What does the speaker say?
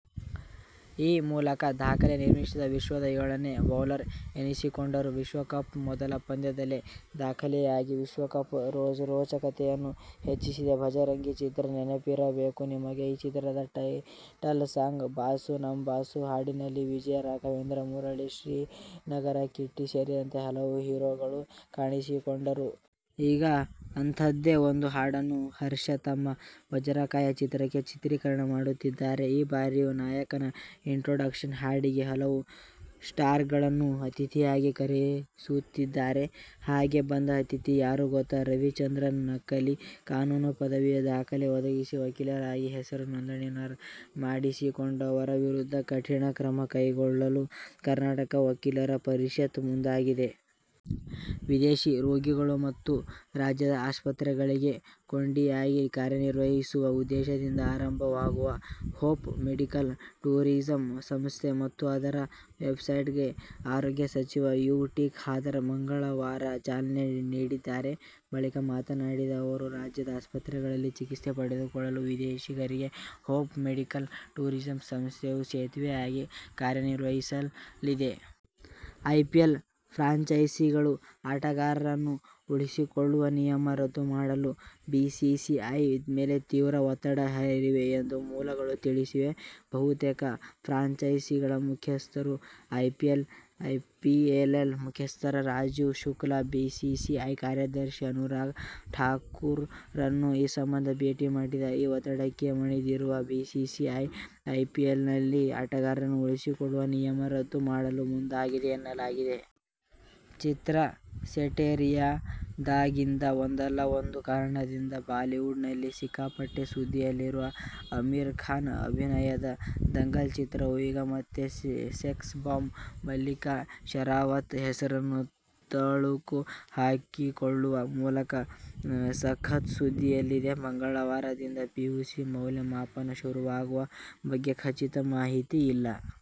ಈ ಮೂಲಕ ದಾಖಲೆ ನಿರ್ಮಿಸಿದ ವಿಶ್ವದ ಏಳನೇ ಬೌಲರ್ ಎನಿಸಿಕೊಂಡರು. ವಿಶ್ವಕಪ್ನ ಮೊದಲ ಪಂದ್ಯದಲ್ಲೇ ದಾಖಲೆಯಾಗಿ ವಿಶ್ವಕಪ್ ರೋಚತೆಯನ್ನು ಹೆಚ್ಚಿಸಿದೆ. "ಭಜರಂಗಿ' ಚಿತ್ರ ನೆನಪಿರಬೇಕು ನಿಮಗೆ. ಆ ಚಿತ್ರದ ಟೈಟಲ್ ಸಾಂಗ್ "ಬಾಸು ನಮ್ ಬಾಸು' ಹಾಡಿನಲ್ಲಿ ವಿಜಯ್ ರಾಘವೇಂದ್ರ, ಮುರಳಿ, ಶ್ರೀನಗರ ಕಿಟ್ಟಿ ಸೇರಿದಂತೆ ಹಲವು ಹೀರೋಗಳು ಕಾಣಿಸಿಕೊಂಡಿದ್ದರು. ಈಗ ಅಂಥದ್ದೇ ಒಂದು ಹಾಡನ್ನು ಹರ್ಷ ತಮ್ಮ "ವಜ್ರಕಾಯ' ಚಿತ್ರಕ್ಕೆ ಚಿತ್ರೀಕರಣ ಮಾಡುತ್ತಿದ್ದಾರೆ. ಈ ಬಾರಿಯೂ ನಾಯಕನ ಇಂಟ್ರೊಡಕ್ಷನ್ ಹಾಡಿಗೆ ಹಲವು ಸ್ಟಾರ್ಗಳನ್ನು ಅತಿಥಿಯಾಗಿ ಕರೆಸುತ್ತಿದ್ದಾರೆ. ಹಾಗೆ ಬಂದ ಅತಿಥಿ ಯಾರು ಗೊತ್ತಾ? ರವಿಚಂದ್ರನ್. ನಕಲಿ ಕಾನೂನು ಪದವಿಯ ದಾಖಲೆ ಒದಗಿಸಿ ವಕೀಲರಾಗಿ ಹೆಸರು ನೋಂದಣಿ ಮಾಡಿಸಿಕೊಂಡವರ ವಿರುದ್ಧ ಕಠಿಣ ಕ್ರಮ ಕೈಗೊಳ್ಳಲು ಕರ್ನಾಟಕ ವಕೀಲರ ಪರಿಷತ್ ಮುಂದಾಗಿದೆ. ವಿದೇಶಿ ರೋಗಿಗಳು ಮತ್ತು ರಾಜ್ಯದ ಆಸ್ಪತ್ರೆಗಳಿಗೆ ಕೊಂಡಿಯಾಗಿ ಕಾರ್ಯನಿರ್ವಹಿಸುವ ಉದ್ದೇಶದಿಂದ ಆರಂಭವಾಗಿರುವ ಹೋಪ್ ಮೆಡಿಕಲ್ ಟೂರಿಸಂ ಸಂಸ್ಥೆ ಮತ್ತು ಅದರ ವೆಬ್ಸೈಟ್ಗೆ ಆರೋಗ್ಯ ಸಚಿವ ಯು. ಟಿ. ಖಾದರ್ ಮಂಗಳವಾರ ಚಾಲನೆ ನೀಡಿದ್ದಾರೆ. ಬಳಿಕ ಮಾತನಾಡಿದ ಅವರು, ರಾಜ್ಯದ ಆಸ್ಪತ್ರೆಗಳಲ್ಲಿ ಚಿಕಿತ್ಸೆ ಪಡೆದುಕೊಳ್ಳುವ ವಿದೇಶಿಗರಿಗೆ ಹೋಪ್ ಮೆಡಿಕಲ್ ಟೂರಿಸಂ ಸಂಸ್ಥೆಯು ಸೇತುವೆಯಾಗಿ ಕಾರ್ಯನಿರ್ವಹಿಸಲಿದೆ. ಐಪಿಎಲ್ ಫ್ರಾಂಚೈಸಿಗಳು ಆಟಗಾರರನ್ನು ಉಳಿಸಿಕೊಳ್ಳುವ ನಿಯಮ ರದ್ದು ಮಾಡಲು ಬಿಸಿಸಿಐ ಮೇಲೆ ತೀವ್ರ ಒತ್ತಡ ಹೇರಿವೆ ಎಂದು ಮೂಲಗಳು ತಿಳಿಸಿವೆ. ಬಹುತೇಕ ಫ್ರಾಂಚೈಸಿಗಳ ಮುಖ್ಯಸ್ಥರು ಐಪಿಎಎಲ್ ಮುಖ್ಯಸ್ಥ ರಾಜೀವ್ ಶುಕ್ಲಾ, ಬಿಸಿಸಿಐ ಕಾರ್ಯದರ್ಶಿ ಅನುರಾಗ್ ಠಾಕೂರ್ರನ್ನು ಈ ಸಂಬಂಧ ಭೇಟಿ ಮಾಡಿವೆ, ಈ ಒತ್ತಡಕ್ಕೆ ಮಣಿದಿರುವ ಬಿಸಿಸಿಐ ಐಪಿಎಲ್ನಲ್ಲಿ ಆಟಗಾರರನ್ನು ಉಳಿಸಿಕೊಳ್ಳುವ ನಿಯಮ ರದ್ದು ಮಾಡಲು ಮುಂದಾಗಿದೆ ಎನ್ನಲಾಗಿದೆ. ಚಿತ್ರ ಸೆಟ್ಟೇರಿದಾಗಿಂದ ಒಂದಲ್ಲ ಒಂದು ಕಾರಣದಿಂದ ಬಾಲಿವುಡ್ ನಲ್ಲಿ ಸಿಕ್ಕಾಪಟ್ಟೆ ಸುದ್ದಿಯಲ್ಲಿರುವ ಅಮೀರ್ ಖಾನ್ ಅಭಿನಯದ ದಂಗಲ್ ಚಿತ್ರವು ಈಗ ಮತ್ತೆ ಸೆಕ್ಸ್ ಬಾಂಬ್ ಮಲ್ಲಿಕಾ ಶೆರಾವತ್ ಹೆಸರನ್ನು ತಳುಕು ಹಾಕಿಸಿಕೊಳ್ಳುವ ಮೂಲಕ ಸಖತ್ ಸುದ್ದಿಯಲ್ಲಿದೆ. ಮಂಗಳವಾರದಿಂದ ಪಿಯುಸಿ ಮೌಲ್ಯಮಾಪನ ಶುರುವಾಗುವ ಬಗ್ಗೆ ಖಚಿತ ಮಾಹಿತಿ ಇಲ್ಲ.